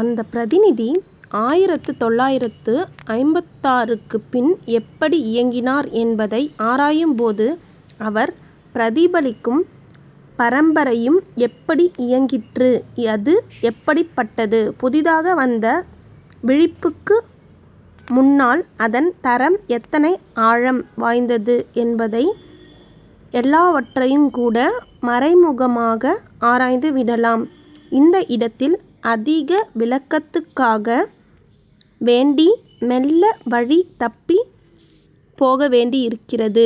அந்தப் பிரதிநிதி ஆயிரத்து தொள்ளாயிரத்து ஐம்பத்தாறுக்குப் பின் எப்படி இயங்கினார் என்பதை ஆராயும்போது அவர் பிரதிபலிக்கும் பரம்பரையும் எப்படி இயங்கிற்று, அது எப்படிப்பட்டது, புதிதாக வந்த விழிப்புக்கு முன்னால் அதன் தரம் எத்தனை ஆழம் வாய்ந்தது என்பவை எல்லாவற்றையுங்கூட மறைமுகமாக ஆராய்ந்துவிடலாம். இந்த இடத்தில் அதிக விளக்கத்துக்காக வேண்டி மெல்ல வழி தப்பிப் போகவேண்டியிருக்கிறது.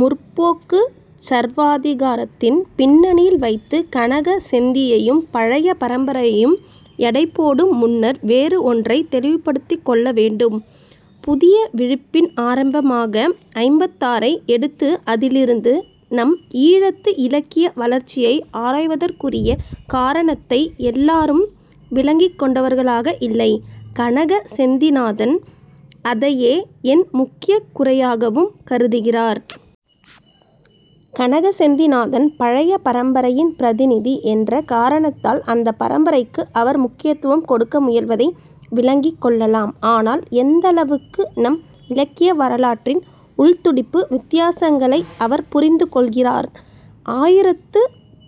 'முற்போக்கு'ச் சர்வாதிகாரத்தின் பின்னணியில் வைத்துக் கனக செந்தியையும் பழைய பரம்பரையையும் எடைபோடும் முன்னர் வேறு ஒன்றைத் தெளிவுபடுத்திக்கொள்ள வேண்டும். புதிய விழிப்பின் ஆரம்பமாக ஐம்பத்தாறை எடுத்து அதிலிருந்து நம் ஈழத்து இலக்கிய வளர்ச்சியை ஆராய்வதற்குரிய காரணத்தை எல்லாரும் விளங்கிக்கொண்டவர்களாக இல்லை. கனக செந்திநாதன் அதையே என் முக்கியக் குறையாகவும் கருதுகிறார். கனக செந்திநாதன் பழைய பரம்பரையின் பிரதிநிதி என்ற காரணத்தால் அந்தப் பரம்பரைக்கு அவர் முக்கியத்துவம் கொடுக்க முயல்வதை விளங்கிக்கொள்ளலாம். ஆனால் எந்தளவுக்கு நம் இலக்கிய வரலாற்றின் உள்துடிப்பு வித்தியாசங்களை அவர் புரிந்துகொள்ளார். ஆயிரத்து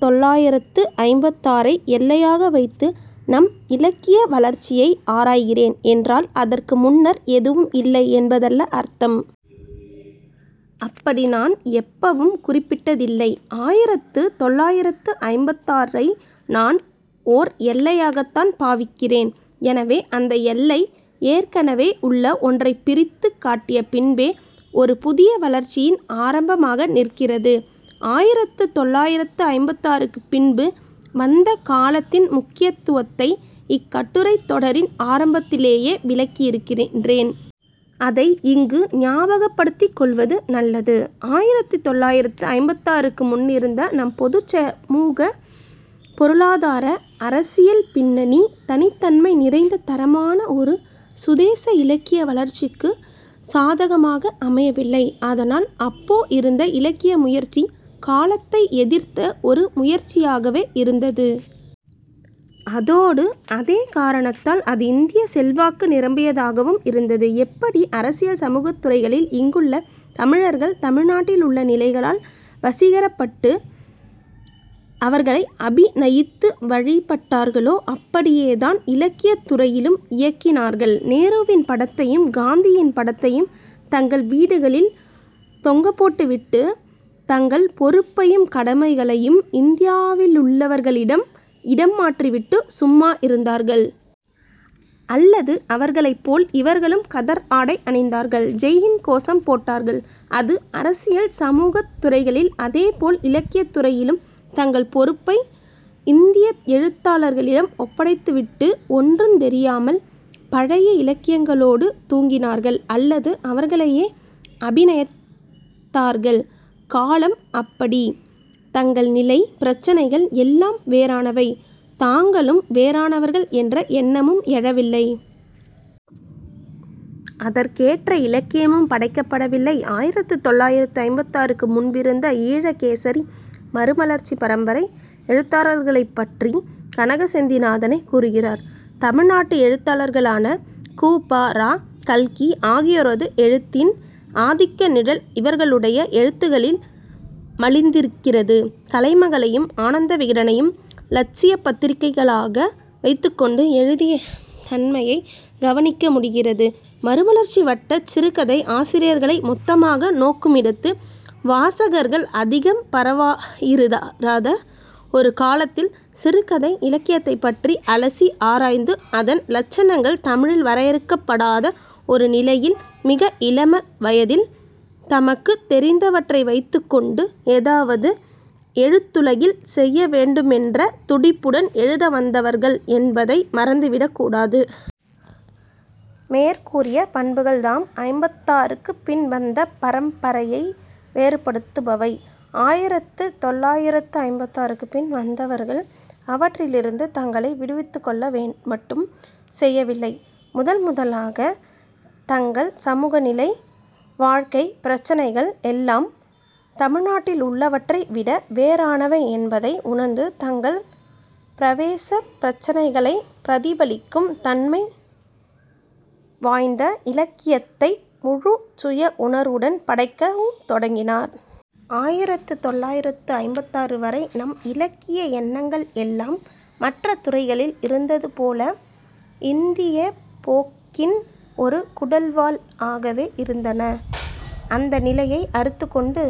தொள்ளாயிரத்து ஐம்பத்தாறை எல்லையாக வைத்து நம் இலக்கிய வளர்ச்சியை ஆராய்கிறேன் என்றால் அதற்கு முன்னர் எதுவும் இல்லை என்பதல்ல அர்த்தம். அப்படி நான் எப்பவும் குறிப்பிட்டதில்லை. ஆயிரத்து தொள்ளாயிரத்து ஐம்பத்தாறை நான் ஓர் எல்லையாகத்தான் பாவிக்கிறேன். எனவே, அந்த எல்லை ஏற்கனவே உள்ள ஒன்றைப் பிரித்துக் காட்டிய பின்பே ஒரு புதிய வளர்ச்சியின் ஆரம்பமாக நிற்கிறது. ஆயிரத்து தொள்ளாயிரத்து ஐம்பத்தாறுக்குப் பின்பு வந்த காலத்தின் முக்கியத்துவத்தை இக்கட்டுரைத் தொடரின் ஆரம்பத்திலேயே விளக்கியிருக்கின்றேன். அதை இங்கு ஞாபகப்படுத்திக்கொள்வது நல்லது. ஆயிரத்து தொள்ளாயிரத்து ஐம்பத்தாறுக்கு முன்னிருந்த நம் பொதுச் சமூக, பொருளாதார, அரசியல் பின்னணி தனித்தன்மை நிறைந்த தரமான ஒரு சுதேச இலக்கிய வளர்ச்சிக்குச் சாதகமாக அமையவில்லை. அதனால் அப்போ இருந்த இலக்கிய முயற்சி காலத்தை எதிர்த்த ஒரு முயற்சியாகவே இருந்தது. அதோடு அதே காரணத்தால் அது இந்தியச் செல்வாக்கு நிரம்பியதாகவும் இருந்தது. எப்படி அரசியல் சமூகத்துறைகளில் இங்குள்ள தமிழர்கள் தமிழ்நாட்டிலுள்ள நிலைகளால் வசீகரப்பட்டு அவர்களை அபிநயித்து வழிபட்டார்களோ அப்படியேதான் இலக்கியத்துறையிலும் இயங்கினார்கள். நேருவின் படத்தையும் காந்தியின் படத்தையும் தங்கள் வீடுகளில் தொங்கப்போட்டுவிட்டு, தங்கள் பொறுப்பையும் கடமைகளையும் இந்தியாவிலுள்ளவர்களிடம் இடம் மாற்றிவிட்டு சும்மா இருந்தார்கள். அல்லது அவர்களைப்போல் இவர்களும் கதர் ஆடை அணிந்தார்கள். 'ஜெய் ஹிந்த்' கோசம் போட்டார்கள். அது அரசியல் சமூகத்துறைகளில். அதேபோல் இலக்கியத்துறையிலும் தங்கள் பொறுப்பை இந்திய எழுத்தாளர்களிடம் ஒப்படைத்துவிட்டு ஒன்றுந் தெரியாமல் பழைய இலக்கியங்களோடு தூங்கினார்கள் அல்லது அவர்களையே அபிநயித்தார்கள். காலம் அப்படி. தங்கள் நிலை, பிரச்சினைகள் எல்லாம் வேறானவை, தாங்களும் வேறானவர்கள் என்ற எண்ணமும் எழவில்லை. அதற்கேற்ற இலக்கியமும் படைக்கப்படவில்லை. ஆயிரத்து தொள்ளாயிரத்து ஐம்பத்தாறுக்கு முன்பிருந்த ஈழகேசரி, மறுமலர்ச்சிப் பரம்பரை எழுத்தாளர்களைப்பற்றி கனக செந்திநாதனே கூறுகிறார். தமிழ்நாட்டு எழுத்தாளர்களான கு. ப. ரா. 'கல்கி' ஆகியோரது எழுத்தின் ஆதிக்க நிழல் இவர்களுடைய எழுத்துகளில் மலிந்திருக்கிறது. 'கலைமகளை'யும் 'ஆனந்தவிகடனை'யும் இலட்சியப் பத்திரிகைகளாக வைத்துக்கொண்டு எழுதிய தன்மையைக் கவனிக்க முடிகிறது மறுமலர்ச்சி வட்டச் சிறுகதை ஆசிரியர்களை மொத்தமாக நோக்குமிடத்து வாசகர்கள் அதிகம் பரவயிராத ஒரு காலத்தில், சிறுகதை இலக்கியத்தைப்பற்றி அலசி ஆராய்ந்து அதன் இலட்சணங்கள் தமிழில் வரையறுக்கப்படாத ஒரு நிலையில், மிக இளமவயதில் தமக்குத் தெரிந்தவற்றை வைத்துக்கொண்டு, ஏதாவது எழுத்துலகில் செய்யவேண்டுமென்ற துடிப்புடன் எழுத வந்தவர்கள் என்பதை மறந்துவிடக் கூடாது. மேற்கூறிய பண்புகள்தாம் ஐம்பத்தாறுக்குப் பின் வந்த பரம்பரையை வேறுபடுத்துபவை. ஆயிரத்து தொள்ளாயிரத்து ஐம்பத்தாறுக்குப் பின் வந்தவர்கள் அவற்றிலிருந்து தங்களை விடுவித்துக்கொள்ள மட்டும் செய்யவில்லை; முதல் முதலாகத் தங்கள் சமூகநிலை, வாழ்க்கை, பிரச்சினைகள் எல்லாம் தமிழ்நாட்டில் உள்ளவற்றை விட வேறானவை என்பதை உணர்ந்து தங்கள் பிரவேசப் பிரச்சினைகளைப் பிரதிபலிக்கும் தன்மை வாய்ந்த இலக்கியத்தை முழுச் சுயஉணர்வுடன் படைக்கவும் தொடங்கினர். ஆயிரத்து தொள்ளாயிரத்து ஐம்பத்தாறு வரை நம் இலக்கிய எண்ணங்கள் எல்லாம் மற்ற துறைகளில் இருந்ததுபோல் இந்தியப் போக்கின் ஒரு குடல்வால் ஆகவே இருந்தன. அந்த நிலையை அறுத்துக்கொண்டு